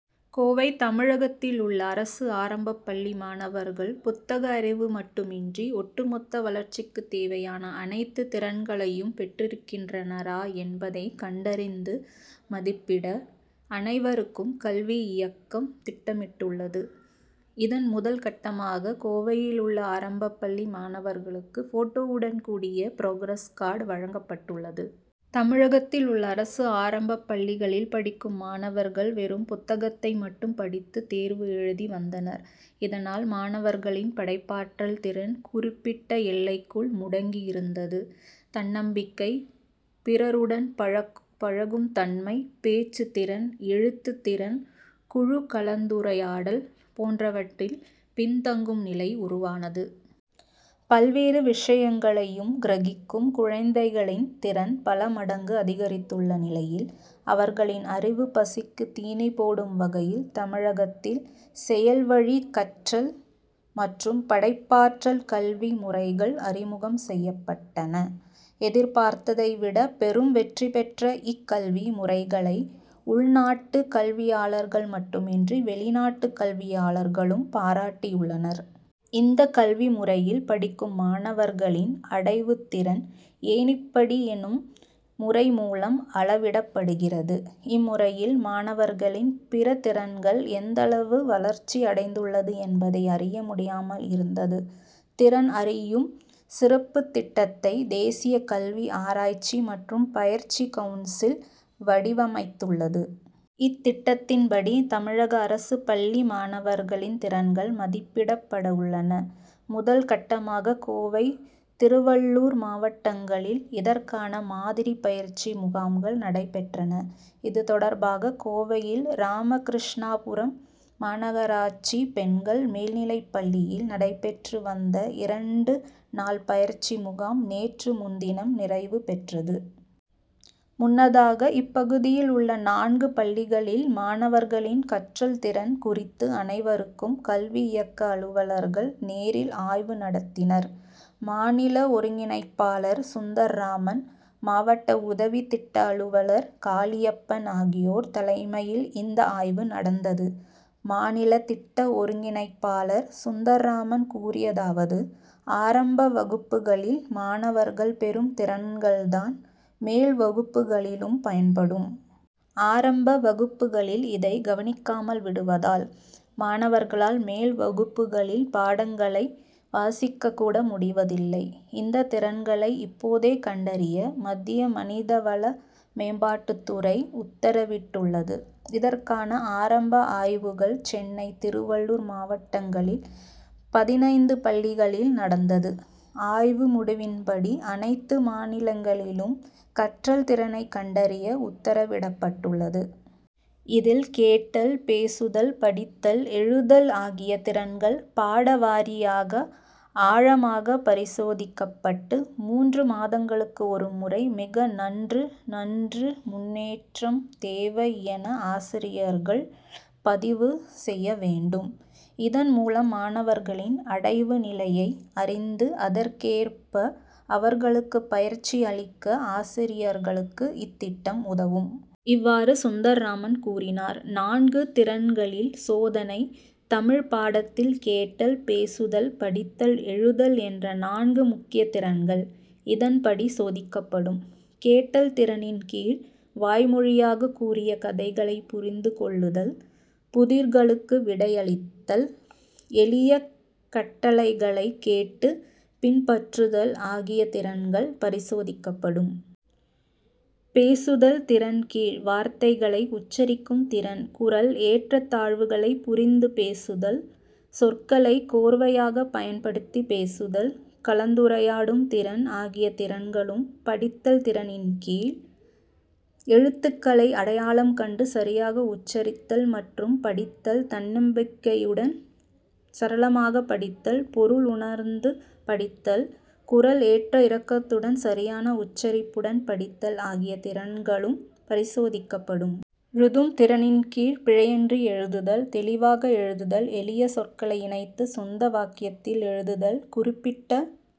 கோவை தமிழகத்திலுள்ள அரசு ஆரம்பப் பள்ளி மாணவர்கள் புத்தக அறிவு மட்டுமின்றி, ஒட்டுமொத்த வளர்ச்சிக்குத் தேவையான அனைத்து திறன்களையும் பெற்றிருக்கின்றனரா, என்பதை கண்டறிந்து மதிப்பிட, அனைவருக்கும் கல்வி இயக்கம் திட்டமிட்டுள்ளது. இதன் முதல் கட்டமாக, கோவையிலுள்ள ஆரம்பப்பள்ளி மாணவர்களுக்கு போட்டோவுடன் கூடிய புராகிரஸ் கார்டு வழங்கப்பட்டுள்ளது. தமிழகத்தில் உள்ள அரசு ஆரம்பப்பள்ளிகளில் படிக்கும் மாணவர்கள் வெறும் புத்தகத்தை மட்டும் படித்து தேர்வு எழுதி வந்தனர். இதனால், மாணவர்களின் படைப்பாற்றல் திறன் குறிப்பிட்ட எல்லைக்குள் முடங்கியிருந்தது. தன்னம்பிக்கை, பிறருடன் பழகுபழகும் தன்மை, பேச்சுத் திறன், எழுத்துத் திறன், குழு கலந்துரையாடல் போன்றவற்றில் பின்தங்கும் நிலை உருவானது. பல்வேறு விஷயங்களையும் கிரகிக்கும் குழந்தைகளின் திறன் பலமடங்கு அதிகரித்துள்ள நிலையில், அவர்களின் அறிவுப்பசிக்கு தீனி போடும் வகையில் தமிழகத்தில் செயல்வழிக் கற்றல் மற்றும் படைப்பாற்றல் கல்வி முறைகள் அறிமுகம் செய்யப்பட்டன. எதிர்பார்த்ததை விட பெரும் வெற்றி பெற்ற இக்கல்வி முறைகளை, உள்நாட்டு கல்வியாளர்கள் மட்டுமின்றி வெளிநாட்டு கல்வியாளர்களும் பாராட்டியுள்ளனர். இந்த கல்வி முறையில் படிக்கும் மாணவர்களின் அடைவுத்திறன் ஏணிப்படி எனும் முறை மூலம் அளவிடப்படுகிறது. இம்முறையில் மாணவர்களின் பிற திறன்கள் எந்தளவு வளர்ச்சி அடைந்துள்ளது, என்பதை அறிய முடியாமல் இருந்தது. திறன் அறியும் சிறப்புத் திட்டத்தை தேசியக் கல்வி, ஆராய்ச்சி மற்றும் பயிற்சி கவுன்சில் வடிவமைத்துள்ளது. இத்திட்டத்தின்படி, தமிழக அரசுப் பள்ளி மாணவர்களின் திறன்கள் மதிப்பிடப்படவுள்ளன. முதல் கட்டமாக கோவை, திருவள்ளூர் மாவட்டங்களில் இதற்கான மாதிரி பயிற்சி முகாம்கள் நடைபெற்றன. இது தொடர்பாக கோவையில் ராமகிருஷ்ணாபுரம் மாநகராட்சி பெண்கள் மேல்நிலைப்பள்ளியில் நடைபெற்று வந்த இரண்டு நாள் பயிற்சி முகாம் நேற்று முன்தினம் நிறைவு பெற்றது. முன்னதாக இப்பகுதியில் உள்ள நான்கு பள்ளிகளில் மாணவர்களின் கற்றல் திறன் குறித்து அனைவருக்கும் கல்வி இயக்க அலுவலர்கள் நேரில் ஆய்வு நடத்தினர். மாநில ஒருங்கிணைப்பாளர் சுந்தர்ராமன், மாவட்ட உதவி திட்ட அலுவலர் காளியப்பன் ஆகியோர் தலைமையில் இந்த ஆய்வு நடந்தது. மாநில திட்ட ஒருங்கிணைப்பாளர் சுந்தர்ராமன் கூறியதாவது ஆரம்ப வகுப்புகளில் மாணவர்கள் பெறும் திறன்கள்தான் மேல்வகுப்புகளிலும் பயன்படும். ஆரம்ப வகுப்புகளில் இதை கவனிக்காமல் விடுவதால் மாணவர்களால் மேல் வகுப்புகளில் பாடங்களை வாசிக்கக் கூட முடிவதில்லை. இந்த திறன்களை இப்போதே கண்டறிய மத்திய மனிதவள மேம்பாட்டுத்துறை உத்தரவிட்டுள்ளது. இதற்கான ஆரம்ப ஆய்வுகள் சென்னை, திருவளளூர் மாவட்டங்களில் பதினைந்து பள்ளிகளில் நடந்தது. ஆய்வு முடிவின்படி அனைத்து மாநிலங்களிலும் கற்றல் திறனை கண்டறிய உத்தரவிடப்பட்டுள்ளது. இதில் கேட்டல், பேசுதல், படித்தல், எழுதல் ஆகிய திறன்கள் பாடவாரியாக ஆழமாக பரிசோதிக்கப்பட்டு மூன்று மாதங்களுக்கு ஒருமுறை மிக நன்று, நன்று, முன்னேற்றம் தேவை என ஆசிரியர்கள் பதிவு செய்ய வேண்டும். இதன் மூலம் மாணவர்களின் அடைவு நிலையை அறிந்து அதற்கேற்ப அவர்களுக்கு பயிற்சி அளிக்க ஆசிரியர்களுக்கு இத்திட்டம் உதவும். இவ்வாறு, சுந்தர்ராமன் கூறினார். நான்கு திறன்களில் சோதனை தமிழ் பாடத்தில் கேட்டல், பேசுதல், படித்தல், எழுதல் என்ற நான்கு முக்கிய திறன்கள் இதன்படி சோதிக்கப்படும். கேட்டல் திறனின் கீழ், வாய்மொழியாக கூறிய கதைகளை புரிந்து கொள்ளுதல், புதிர்களுக்கு விடையளித்தல், எளிய கட்டளைகளை கேட்டு பின்பற்றுதல் ஆகிய திறன்கள் பரிசோதிக்கப்படும். பேசுதல் திறன் கீழ், வார்த்தைகளை உச்சரிக்கும் திறன், குரல் ஏற்ற தாழ்வுகளை புரிந்து பேசுதல், சொற்களை கோர்வையாக பயன்படுத்தி பேசுதல், கலந்துரையாடும் திறன் ஆகிய திறன்களும், படித்தல் திறனின் கீழ், எழுத்துக்களை அடையாளம் கண்டு சரியாக உச்சரித்தல் மற்றும் படித்தல், தன்னம்பிக்கையுடன் சரளமாக படித்தல், பொருள் உணர்ந்து படித்தல், குரல் ஏற்ற இறக்கத்துடன் சரியான உச்சரிப்புடன் படித்தல் ஆகிய திறன்களும் பரிசோதிக்கப்படும். ழுதும் திறனின் கீழ், பிழையின்றி எழுதுதல், தெளிவாக எழுதுதல், எளிய சொற்களை இணைத்து சொந்த வாக்கியத்தில் எழுதுதல், குறிப்பிட்ட